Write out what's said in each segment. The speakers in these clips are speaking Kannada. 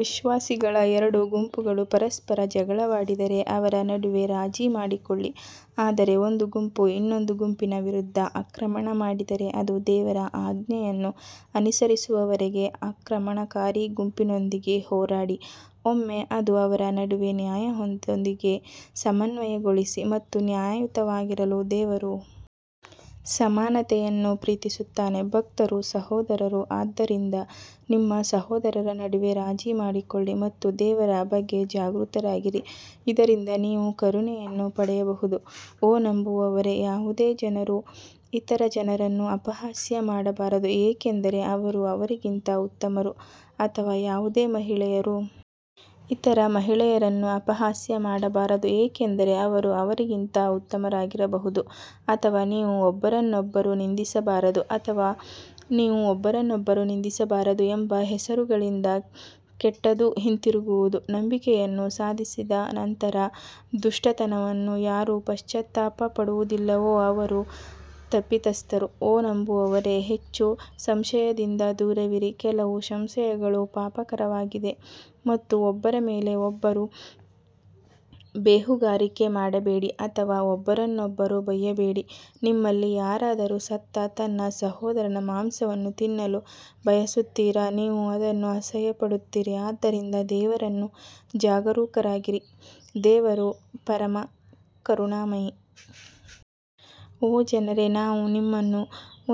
ವಿಶ್ವಾಸಿಗಳ ಎರಡು ಗುಂಪುಗಳು ಪರಸ್ಪರ ಜಗಳವಾಡಿದರೆ ಅವರ ನಡುವೆ ರಾಜಿ ಮಾಡಿಕೊಳ್ಳಿ ಆದರೆ ಒಂದು ಗುಂಪು ಇನ್ನೊಂದು ಗುಂಪಿನ ವಿರುದ್ಧ ಆಕ್ರಮಣ ಮಾಡಿದರೆ ಅದು ದೇವರ ಆಜ್ಞೆಯನ್ನು ಅನುಸರಿಸುವವರೆಗೆ ಆಕ್ರಮಣಕಾರಿ ಗುಂಪಿನೊಂದಿಗೆ ಹೋರಾಡಿ ಒಮ್ಮೆ ಅದು ಅವರ ನಡುವೆ ನ್ಯಾಯದೊಂದಿಗೆ ಸಮನ್ವಯಗೊಳಿಸಿ ಮತ್ತು ನ್ಯಾಯಯುತವಾಗಿರಲು ದೇವರು ಸಮಾನತೆಯನ್ನು ಪ್ರೀತಿಸುತ್ತಾನೆ ಭಕ್ತರು ಸಹೋದರರು ಆದ್ದರಿಂದ ನಿಮ್ಮ ಸಹೋದರರ ನಡುವೆ ರಾಜಿ ಮಾಡಿಕೊಳ್ಳಿ ಮತ್ತು ದೇವರ ಬಗ್ಗೆ ಜಾಗೃತರಾಗಿರಿ ಇದರಿಂದ ನೀವು ಕರುಣೆಯನ್ನು ಪಡೆಯಬಹುದು ಓ ನಂಬುವವರೇ, ಯಾವುದೇ ಜನರು ಇತರ ಜನರನ್ನು ಅಪಹಾಸ್ಯ ಮಾಡಬಾರದು ಏಕೆಂದರೆ ಅವರು ಅವರಿಗಿಂತ ಉತ್ತಮರು ಅಥವಾ ಯಾವುದೇ ಮಹಿಳೆಯರು ಇತರ ಮಹಿಳೆಯರನ್ನು ಅಪಹಾಸ್ಯ ಮಾಡಬಾರದು ಏಕೆಂದರೆ ಅವರು ಅವರಿಗಿಂತ ಉತ್ತಮರಾಗಿರಬಹುದು ಅಥವಾ ನೀವು ಒಬ್ಬರನ್ನೊಬ್ಬರು ನಿಂದಿಸಬಾರದು ಅಥವಾ ನೀವು ಒಬ್ಬರನ್ನೊಬ್ಬರು ನಿಂದಿಸಬಾರದು ಎಂಬ ಹೆಸರುಗಳಿಂದ ಕೆಟ್ಟದು ಹಿಂತಿರುಗುವುದು ನಂಬಿಕೆಯನ್ನು ಸಾಧಿಸಿದ ನಂತರ ದುಷ್ಟತನವನ್ನು ಯಾರು ಪಶ್ಚಾತ್ತಾಪ ಪಡುವುದಿಲ್ಲವೋ ಅವರು ತಪ್ಪಿತಸ್ಥರು ಓ ನಂಬುವವರೇ ಹೆಚ್ಚು ಸಂಶಯದಿಂದ ದೂರವಿರಿ ಕೆಲವು ಸಂಶಯಗಳು ಪಾಪಕರವಾಗಿದೆ ಮತ್ತು ಒಬ್ಬರ ಮೇಲೆ ಒಬ್ಬರು ಬೇಹುಗಾರಿಕೆ ಮಾಡಬೇಡಿ ಅಥವಾ ಒಬ್ಬರನ್ನೊಬ್ಬರು ಬೈಯಬೇಡಿ ನಿಮ್ಮಲ್ಲಿ ಯಾರಾದರೂ ಸತ್ತ ತನ್ನ ಸಹೋದರನ ಮಾಂಸವನ್ನು ತಿನ್ನಲು ಬಯಸುತ್ತೀರಾ ನೀವು ಅದನ್ನು ಅಸಹ್ಯಪಡುತ್ತೀರಿ ಆದ್ದರಿಂದ ದೇವರನ್ನು ಜಾಗರೂಕರಾಗಿರಿ ದೇವರು ಪರಮ ಕರುಣಾಮಯಿ. ಓ ಜನರೇ ನಾವು ನಿಮ್ಮನ್ನು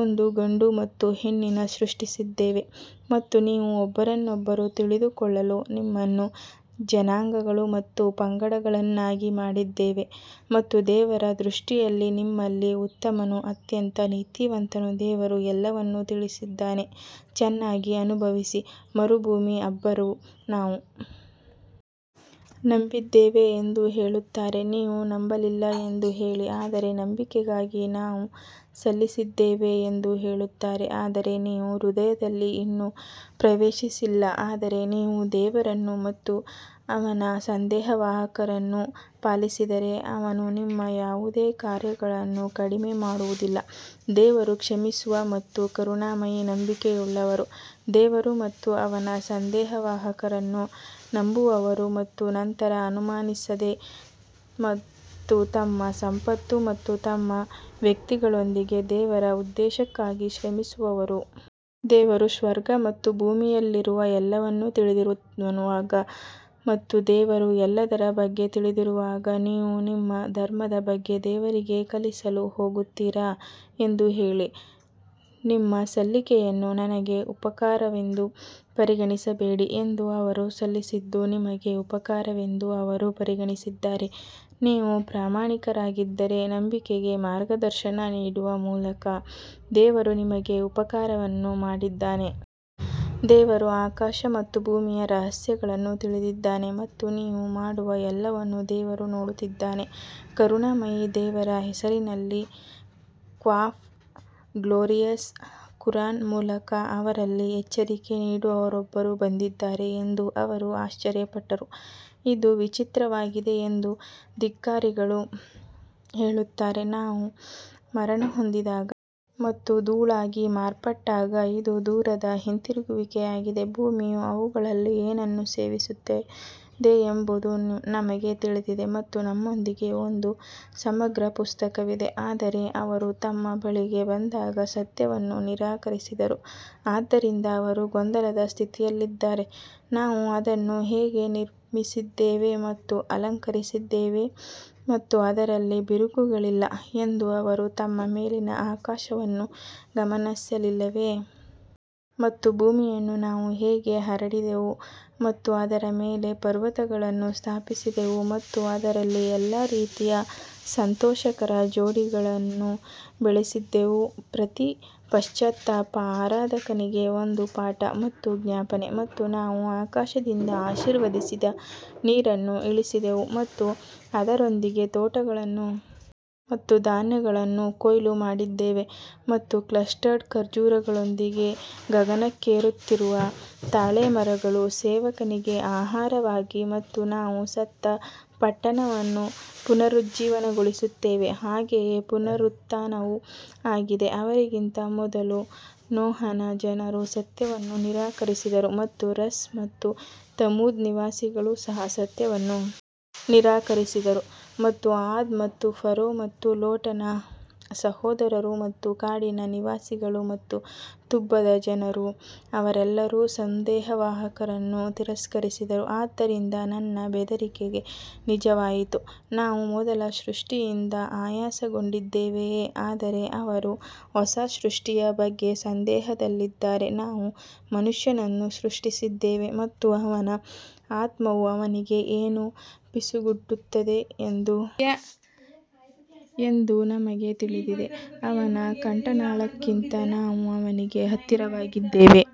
ಒಂದು ಗಂಡು ಮತ್ತು ಹೆಣ್ಣಿನಿಂದ ಸೃಷ್ಟಿಸಿದ್ದೇವೆ ಮತ್ತು ನೀವು ಒಬ್ಬರನ್ನೊಬ್ಬರು ತಿಳಿದುಕೊಳ್ಳಲು ನಿಮ್ಮನ್ನು ಜನಾಂಗಗಳು ಮತ್ತು ಪಂಗಡಗಳನ್ನಾಗಿ ಮಾಡಿದ್ದೇವೆ ಮತ್ತು ದೇವರ ದೃಷ್ಟಿಯಲ್ಲಿ ನಿಮ್ಮಲ್ಲಿ ಉತ್ತಮನು ಅತ್ಯಂತ ನೀತಿವಂತನು ದೇವರು ಎಲ್ಲವನ್ನೂ ತಿಳಿದಿದ್ದಾನೆ ಚೆನ್ನಾಗಿ ಅನುಭವಿ ಮರುಭೂಮಿ ಅರಬ್ಬರು ನಾವು ನಂಬಿದ್ದೇವೆ ಎಂದು ಹೇಳುತ್ತಾರೆ ನೀವು ನಂಬಲಿಲ್ಲ ಎಂದು ಹೇಳಿ ಆದರೆ ನಂಬಿಕೆಗಾಗಿ ನಾವು ಸಲ್ಲಿಸಿದ್ದೇವೆ ಎಂದು ಹೇಳುತ್ತಾರೆ ಆದರೆ ನಿಮ್ಮ ಹೃದಯದಲ್ಲಿ ಇನ್ನೂ ಪ್ರವೇಶಿಸಿಲ್ಲ ಆದರೆ ನೀವು ದೇವರನ್ನು ಮತ್ತು ಅವನ ಸಂದೇಶವಾಹಕರನ್ನು ಪಾಲಿಸಿದರೆ ಅವನು ನಿಮ್ಮ ಯಾವುದೇ ಕಾರ್ಯಗಳನ್ನು ಕಡಿಮೆ ಮಾಡುವುದಿಲ್ಲ ದೇವರು ಕ್ಷಮಿಸುವ ಮತ್ತು ಕರುಣಾಮಯಿ ನಂಬಿಕೆಯುಳ್ಳವರು ದೇವರು ಮತ್ತು ಅವನ ಸಂದೇಶವಾಹಕರನ್ನು ನಂಬುವವರು ಮತ್ತು ನಂತರ ಅನುಮಾನಿಸದೆ ಮತ್ತು ತಮ್ಮ ಸಂಪತ್ತು ಮತ್ತು ತಮ್ಮ ವ್ಯಕ್ತಿಗಳೊಂದಿಗೆ ದೇವರ ಉದ್ದೇಶಕ್ಕಾಗಿ ಶ್ರಮಿಸುವವರು. ದೇವರು ಸ್ವರ್ಗ ಮತ್ತು ಭೂಮಿಯಲ್ಲಿರುವ ಎಲ್ಲವನ್ನೂ ತಿಳಿದಿರುವಾಗ ಮತ್ತು ದೇವರು ಎಲ್ಲದರ ಬಗ್ಗೆ ತಿಳಿದಿರುವಾಗ ನೀವು ನಿಮ್ಮ ಧರ್ಮದ ಬಗ್ಗೆ ದೇವರಿಗೆ ಕಲಿಸಲು ಹೋಗುತ್ತೀರಾ ಎಂದು ಹೇಳಿ. ನಿಮ್ಮ ಸಲ್ಲಿಕೆಯನ್ನು ನನಗೆ ಉಪಕಾರವೆಂದು ಪರಿಗಣಿಸಬೇಡಿ ಎಂದು ಅವರು ಸಲ್ಲಿಸಿದ್ದು ನಿಮಗೆ ಉಪಕಾರವೆಂದು ಅವರು ಪರಿಗಣಿಸಿದ್ದಾರೆ, ನೀವು ಪ್ರಾಮಾಣಿಕರಾಗಿದ್ದರೆ ನಂಬಿಕೆಗೆ ಮಾರ್ಗದರ್ಶನ ನೀಡುವ ಮೂಲಕ ದೇವರು ನಿಮಗೆ ಉಪಕಾರವನ್ನು ಮಾಡಿದ್ದಾನೆ. ದೇವರು ಆಕಾಶ ಮತ್ತು ಭೂಮಿಯ ರಹಸ್ಯಗಳನ್ನು ತಿಳಿದಿದ್ದಾನೆ ಮತ್ತು ನೀವು ಮಾಡುವ ಎಲ್ಲವನ್ನೂ ದೇವರು ನೋಡುತ್ತಿದ್ದಾನೆ ಕರುಣಾಮಯಿ ದೇವರ ಹೆಸರಿನಲ್ಲಿ ಕ್ವಾಫ್ ಗ್ಲೋರಿಯಸ್ ಕುರಾನ್ ಮೂಲಕ ಅವರಲ್ಲಿ ಎಚ್ಚರಿಕೆ ನೀಡುವವರೊಬ್ಬರು ಬಂದಿದ್ದಾರೆ ಎಂದು ಅವರು ಆಶ್ಚರ್ಯಪಟ್ಟರು, ಇದು ವಿಚಿತ್ರವಾಗಿದೆ ಎಂದು ಧಿಕ್ಕಾರಿಗಳು ಹೇಳುತ್ತಾರೆ ನಾವು ಮರಣಹೊಂದಿದಾಗ ಮತ್ತು ಧೂಳಾಗಿ ಮಾರ್ಪಟ್ಟಾಗ ಇದು ದೂರದ ಹಿಂತಿರುಗುವಿಕೆಯಾಗಿದೆ ಭೂಮಿಯು ಅವುಗಳಲ್ಲಿ ಏನನ್ನು ಸೇವಿಸುತ್ತದೆ ಎಂಬುದು ನಮಗೆ ತಿಳಿದಿದೆ ಮತ್ತು ನಮ್ಮೊಂದಿಗೆ ಒಂದು ಸಮಗ್ರ ಪುಸ್ತಕವಿದೆ ಆದರೆ ಅವರು ತಮ್ಮ ಬಳಿಗೆ ಬಂದಾಗ ಸತ್ಯವನ್ನು ನಿರಾಕರಿಸಿದರು, ಆದ್ದರಿಂದ ಅವರು ಗೊಂದಲದ ಸ್ಥಿತಿಯಲ್ಲಿದ್ದಾರೆ ನಾವು ಅದನ್ನು ಹೇಗೆ ನಿರ್ಮಿಸಿದ್ದೇವೆ ಮತ್ತು ಅಲಂಕರಿಸಿದ್ದೇವೆ ಮತ್ತು ಅದರಲ್ಲಿ ಬಿರುಕುಗಳಿಲ್ಲ ಎಂದು ಅವರು ತಮ್ಮ ಮೇಲಿನ ಆಕಾಶವನ್ನು ಗಮನಿಸಲಿಲ್ಲವೇ? ಮತ್ತು ಭೂಮಿಯನ್ನು ನಾವು ಹೇಗೆ ಹರಡಿದೆವು ಮತ್ತು ಅದರ ಮೇಲೆ ಪರ್ವತಗಳನ್ನು ಸ್ಥಾಪಿಸಿದೆವು ಮತ್ತು ಅದರಲ್ಲಿ ಎಲ್ಲಾ ರೀತಿಯ ಸಂತೋಷಕರ ಜೋಡಿಗಳನ್ನು ಬೆಳೆಸಿದೆವು ಪ್ರತಿ ಪಶ್ಚಾತ್ತಾಪ ಆರಾಧಕನಿಗೆ ಒಂದು ಪಾಠ ಮತ್ತು ಜ್ಞಾಪನೆ ಮತ್ತು ನಾವು ಆಕಾಶದಿಂದ ಆಶೀರ್ವದಿಸಿದ ನೀರನ್ನು ಇಳಿಸಿದೆವು ಮತ್ತು ಅದರೊಂದಿಗೆ ತೋಟಗಳನ್ನು ಮತ್ತು ಧಾನ್ಯಗಳನ್ನು ಕೊಯ್ಲು ಮಾಡಿದ್ದೇವೆ ಮತ್ತು ಕ್ಲಸ್ಟರ್ಡ್ ಖರ್ಜೂರಗಳೊಂದಿಗೆ ಗಗನಕ್ಕೇರುತ್ತಿರುವ ತಾಳೆ ಮರಗಳು ಸೇವಕರಿಗೆ ಆಹಾರವಾಗಿ ಮತ್ತು ನಾವು ಸತ್ತ ಪಟ್ಟಣವನ್ನು ಪುನರುಜ್ಜೀವನಗೊಳಿಸುತ್ತೇವೆ ಹಾಗೆಯೇ ಪುನರುತ್ಥಾನವೂ ಆಗಿದೆ ಅವರಿಗಿಂತ ಮೊದಲು ನೋಹನ ಜನರು ಸತ್ಯವನ್ನು ನಿರಾಕರಿಸಿದರು ಮತ್ತು ರಸ್ ಮತ್ತು ತಮೂದ್ ನಿವಾಸಿಗಳು ಸಹ ಸತ್ಯವನ್ನು ನಿರಾಕರಿಸಿದರು ಮತ್ತು ಆದ್ ಮತ್ತು ಫರೋ ಮತ್ತು ಲೋಟನ ಸಹೋದರರು ಮತ್ತು ಕಾಡಿನ ನಿವಾಸಿಗಳು ಮತ್ತು ತುಬ್ಬದ ಜನರು ಅವರೆಲ್ಲರೂ ಸಂದೇಶವಾಹಕರನ್ನು ತಿರಸ್ಕರಿಸಿದರು ಆದ್ದರಿಂದ ನನ್ನ ಬೆದರಿಕೆ ನಿಜವಾಯಿತು ನಾವು ಮೊದಲ ಸೃಷ್ಟಿಯಿಂದ ಆಯಾಸಗೊಂಡಿದ್ದೇವೆಯೇ ಆದರೆ ಅವರು ಹೊಸ ಸೃಷ್ಟಿಯ ಬಗ್ಗೆ ಸಂದೇಹದಲ್ಲಿದ್ದಾರೆ ನಾವು ಮನುಷ್ಯನನ್ನು ಸೃಷ್ಟಿಸಿದ್ದೇವೆ ಮತ್ತು ಅವನ ಆತ್ಮವು ಅವನಿಗೆ ಏನು ಪಿಸುಗುಟ್ಟುತ್ತದೆ ಎಂದು ನಮಗೆ ತಿಳಿದಿದೆ, ಅವನ ಕಂಠನಾಳಕ್ಕಿಂತ ನಾವು ಅವನಿಗೆ ಹತ್ತಿರವಾಗಿದ್ದೇವೆ.